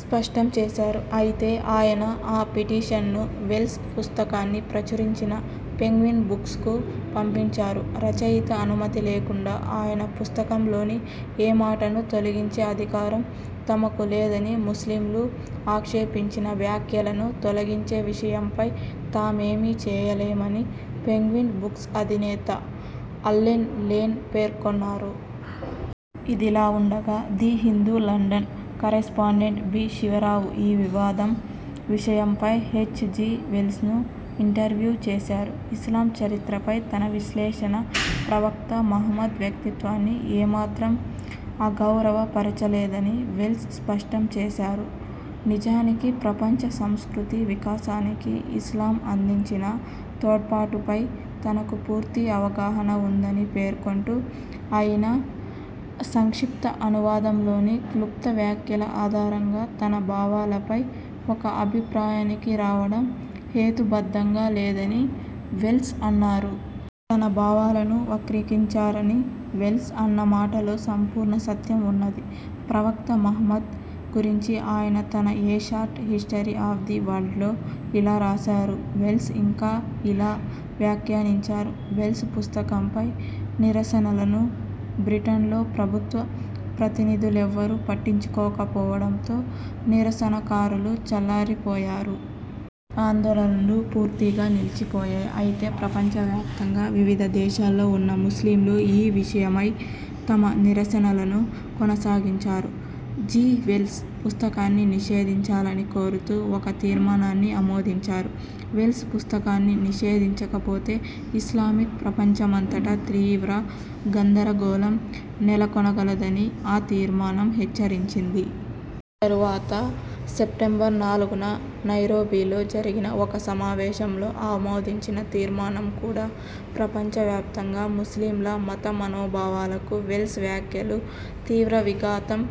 స్పష్టం చేశారు. అయితే ఆయన ఆ పిటీషన్ను వెల్స్ పుస్తకాన్ని ప్రచురించిన పెంగ్విన్ బుక్స్కు పంపించారు. రచయిత అనుమతి లేకుండా ఆయన పుస్తకం లోని ఏ మాటనూ తొలగించే అధికారం తమకు లేదని, ముస్లింలు ఆక్షేపించిన వ్యాఖ్యలను తొలగించే విషయమై తామేమీ చేయలేమని పెంగ్విన్ బుక్స్ అధినేత అల్లెన్ లేన్ పేర్కొన్నారు. ఇదిలావుండగా the Hindu London correspondent B. Sivarao ఈ వివాదం విషయమై హెచ్. జి. వెల్స్ను ఇంటర్వ్యూ చేశారు. ఇస్లాం చరిత్రపై తన విశ్లేషణ ప్రవక్త మహ్మద్ వ్యక్తిత్వాన్ని ఏమాత్రం అగౌరవపరచలేదని వెల్స్ స్పష్టం చేశారు. నిజానికి ప్రపంచ సంస్కృతీ వికాసానికి ఇస్లాం అందించిన తోడ్పాటుపై తనకు పూర్తి అవగాహన వుందని పేర్కొంటూ అయినా సంక్షిప్త అనువాదంలోని క్లుప్త వ్యాఖ్యల ఆధారంగా తన భావాలపై ఒక అభిప్రాయానికి రావడం హేతుబద్ధంగా లేదని వెల్స్ అన్నారు. తన భావాలను వక్రీకరించారని వెల్స్ అన్న మాటలో సంపూర్ణ సత్యం వున్నది. ప్రవక్త మహమ్మద్ గురించి ఆయన తన a short history of the వరల్డ్లో ఇలా రాశారు వెల్స్ ఇంకా ఇలా వ్యాఖ్యానించారు, వెల్స్ పుస్తకంపై నిరసనలను బ్రిటన్లో ప్రభుత్వ ప్రతినిధులెవ్వరూ పట్టించుకోక పోవడంతో నిరసనకారులు చల్లారి పోయారు. ఆందోళనలు పూర్తిగా నిలిచిపోయాయి. అయితే ప్రపంచ వ్యాప్తంగా వివిధ దేశాల్లో వున్న ముస్లింలు ఈ విషయమై తమ నిరసనలను కొనసాగించారు. జి. వెల్స్ పుస్తకాన్ని నిషేధించాలని కోరుతూ ఒక తీర్మానాన్ని ఆమోదించారు. వెల్స్ పుస్తకాన్ని నిషేధించకపోతే ఇస్లామిక్ ప్రపంచమంతటా తీవ్ర గందరగోళం నెలకొనగలదనీ ఆ తీర్మానం హెచ్చరించింది. తరువాత సెప్టెంబర్ నాలుగున నైరోబీలో జరిగిన ఒక సమావేశంలో ఆమోదించిన తీర్మానం కూడా ప్రపంచ వ్యాప్తంగా ముస్లింల మత మనోభావాలకు వెల్స్ వ్యాఖ్యలు తీవ్ర విఘాతం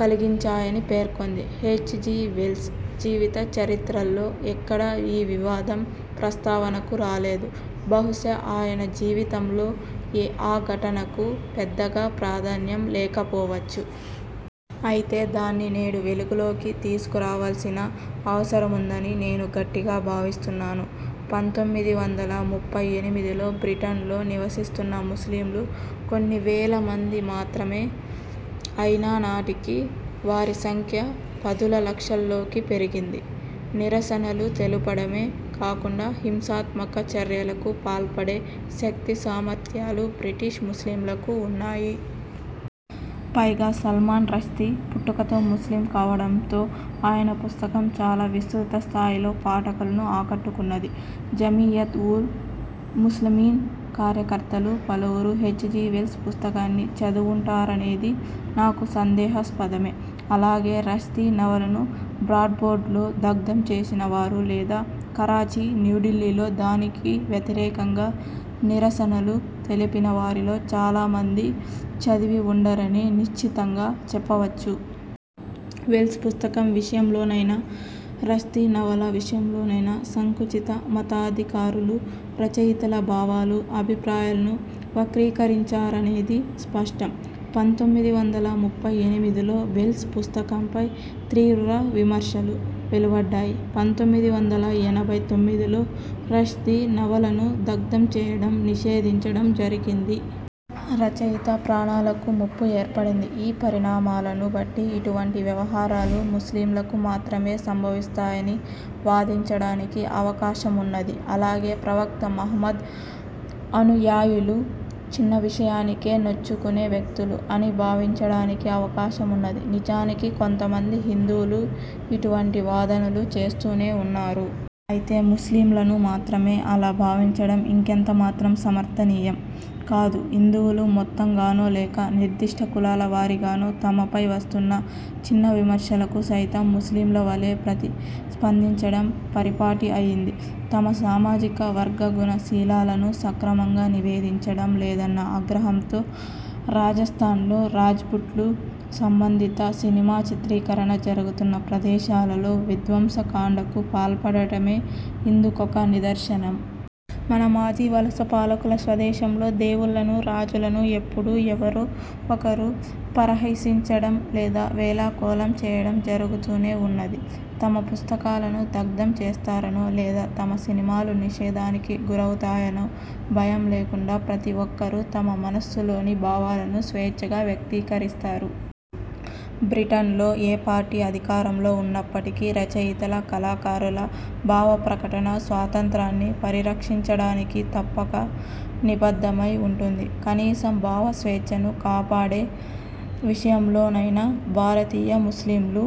కలిగించాయని పేర్కొంది హెచ్. జి. వెల్స్ జీవిత చరిత్రల్లో ఎక్కడా ఈ వివాదం ప్రస్తావనకు రాలేదు. బహుశా ఆయన జీవితంలో ఆ ఘటనకు పెద్దగా ప్రాధాన్యం లేకపోవచ్చు. అయితే దాన్ని నేడు వెలుగులోకి తీసుకు రావాల్సిన అవసరముందని నేను గట్టిగా భావిస్తున్నాను. పంతొమ్మిది వందల ముప్పై ఎనిమిదిలో బ్రిటన్లో నివసిస్తున్న ముస్లింలు కొన్ని వేల మంది మాత్రమే అయినా నాటికి వారి సంఖ్య పదుల లక్షల్లోకి పెరిగింది. నిరసనలు తెలుపడమే కాకుండా హింసాత్మక చర్యలకు పాల్పడే శక్తి సామర్థ్యాలు బ్రిటిష్ ముస్లింలకు వున్నాయి. పైగా సల్మాన్ రష్దీ పుట్టుకతో ముస్లిం కావడంతో ఆయన పుస్తకం చాలా విస్తృత స్థాయిలో పాఠకులను ఆకట్టుకున్నది. జమీయత్ ఊ ల్ ముస్లిమీన్ కార్యకర్తలు పలువురు హెచ్. జి. వెల్స్ పుస్తకాన్ని చదివివుంటారనేది నాకు సందేహాస్పదమే. అలాగే రష్దీ నవలను బ్రాడ్ఫోర్డ్లో దగ్ధం చేసిన వారు లేదా కరాచీ, న్యూఢిల్లీలో దానికి వ్యతిరేకంగా నిరసనలు తెలిపిన వారిలో చాలా మంది చదివివుండరని నిశ్చితంగా చెప్పవచ్చు. వెల్స్ పుస్తకం విషయంలో నైనా, రష్దీ నవల విషయంలోనైనా సంకుచిత మతాధి కారులు రచయితల భావాలు, అభిప్రాయాలను వక్రీకరించారనేది స్పష్టం. పంతొమ్మిది వందల ముప్పై ఎనిమిదిలో వెల్స్ పుస్తకంపై తీవ్రవిమర్శలు వెలువడ్డాయి. పంతొమ్మిది వందల ఎనభై తొమ్మిదిలో రష్దీ నవలను దగ్ధం చేయడం, నిషేధించడం జరిగింది. రచయిత ప్రాణాలకు ముప్పు ఏర్పడింది. ఈ పరిణామాలను బట్టి ఇటువంటి వ్యవహారాలు ముస్లింలకు మాత్రమే సంభవిస్తాయని వాదించడానికి అవకాశ మున్నది. అలాగే ప్రవక్త మహమ్మద్ అనుయాయులు చిన్న విషయానికే నొచ్చుకునే వ్యక్తులు అని భావించడానికీ అవకాశమున్నది. నిజానికి కొంతమంది హిందువులు ఇటువంటి వాదనలు చేస్తూనే వున్నారు. అయితే ముస్లింలను మాత్రమే అలా భావించడం ఇంకెంత మాత్రం సమర్థనీయం కాదు. హిందువులు మొత్తంగానో లేక నిర్దిష్ట కులాల వారీగానో తమపై వస్తున్న చిన్న విమర్శలకు సైతం, ముస్లింల వలే ప్రతి స్పందించడం పరి పాటి అయింది. తమ సామాజిక వర్గగుణ శీలాలను సక్రమంగా నివేదించడం లేదన్న ఆగ్రహంతో రాజస్థాన్లో రాజ్పుట్లు సంబంధిత సినిమా చిత్రీకరణ జరుగుతున్న ప్రదేశాలలో విధ్వంస కాండకు పాల్పడటమే ఇందు కొక నిదర్శనం. మన మాజీ వలస పాలకుల స్వదేశంలో దేవుళ్లను, రాజులను ఎప్పుడూ ఎవరో ఒకరు పరిహసించడం లేదా వేళాకోళం చేయడం జరుగుతూనే వున్నది. తమ పుస్తకాలను దగ్ధం చేస్తారనో లేదా తమ సినిమాలు నిషేధానికి గురవుతాయనో భయం లేకుండా ప్రతి ఒక్కరూ తమ మనస్సులోని భావాలను స్వేచ్ఛగా వ్యక్తీకరిస్తారు. బ్రిటన్లో ఏ పార్టీ అధికారంలో వున్నప్పటికీ రచయితల, కళాకారుల భావప్రకటనా స్వాతంత్రాన్ని పరిరక్షించడానికి తప్పక నిబద్ధమై వుంటుంది. కనీసం భావ స్వేచ్ఛను కాపాడే విషయంలో నైనా భారతీయ ముస్లింలు,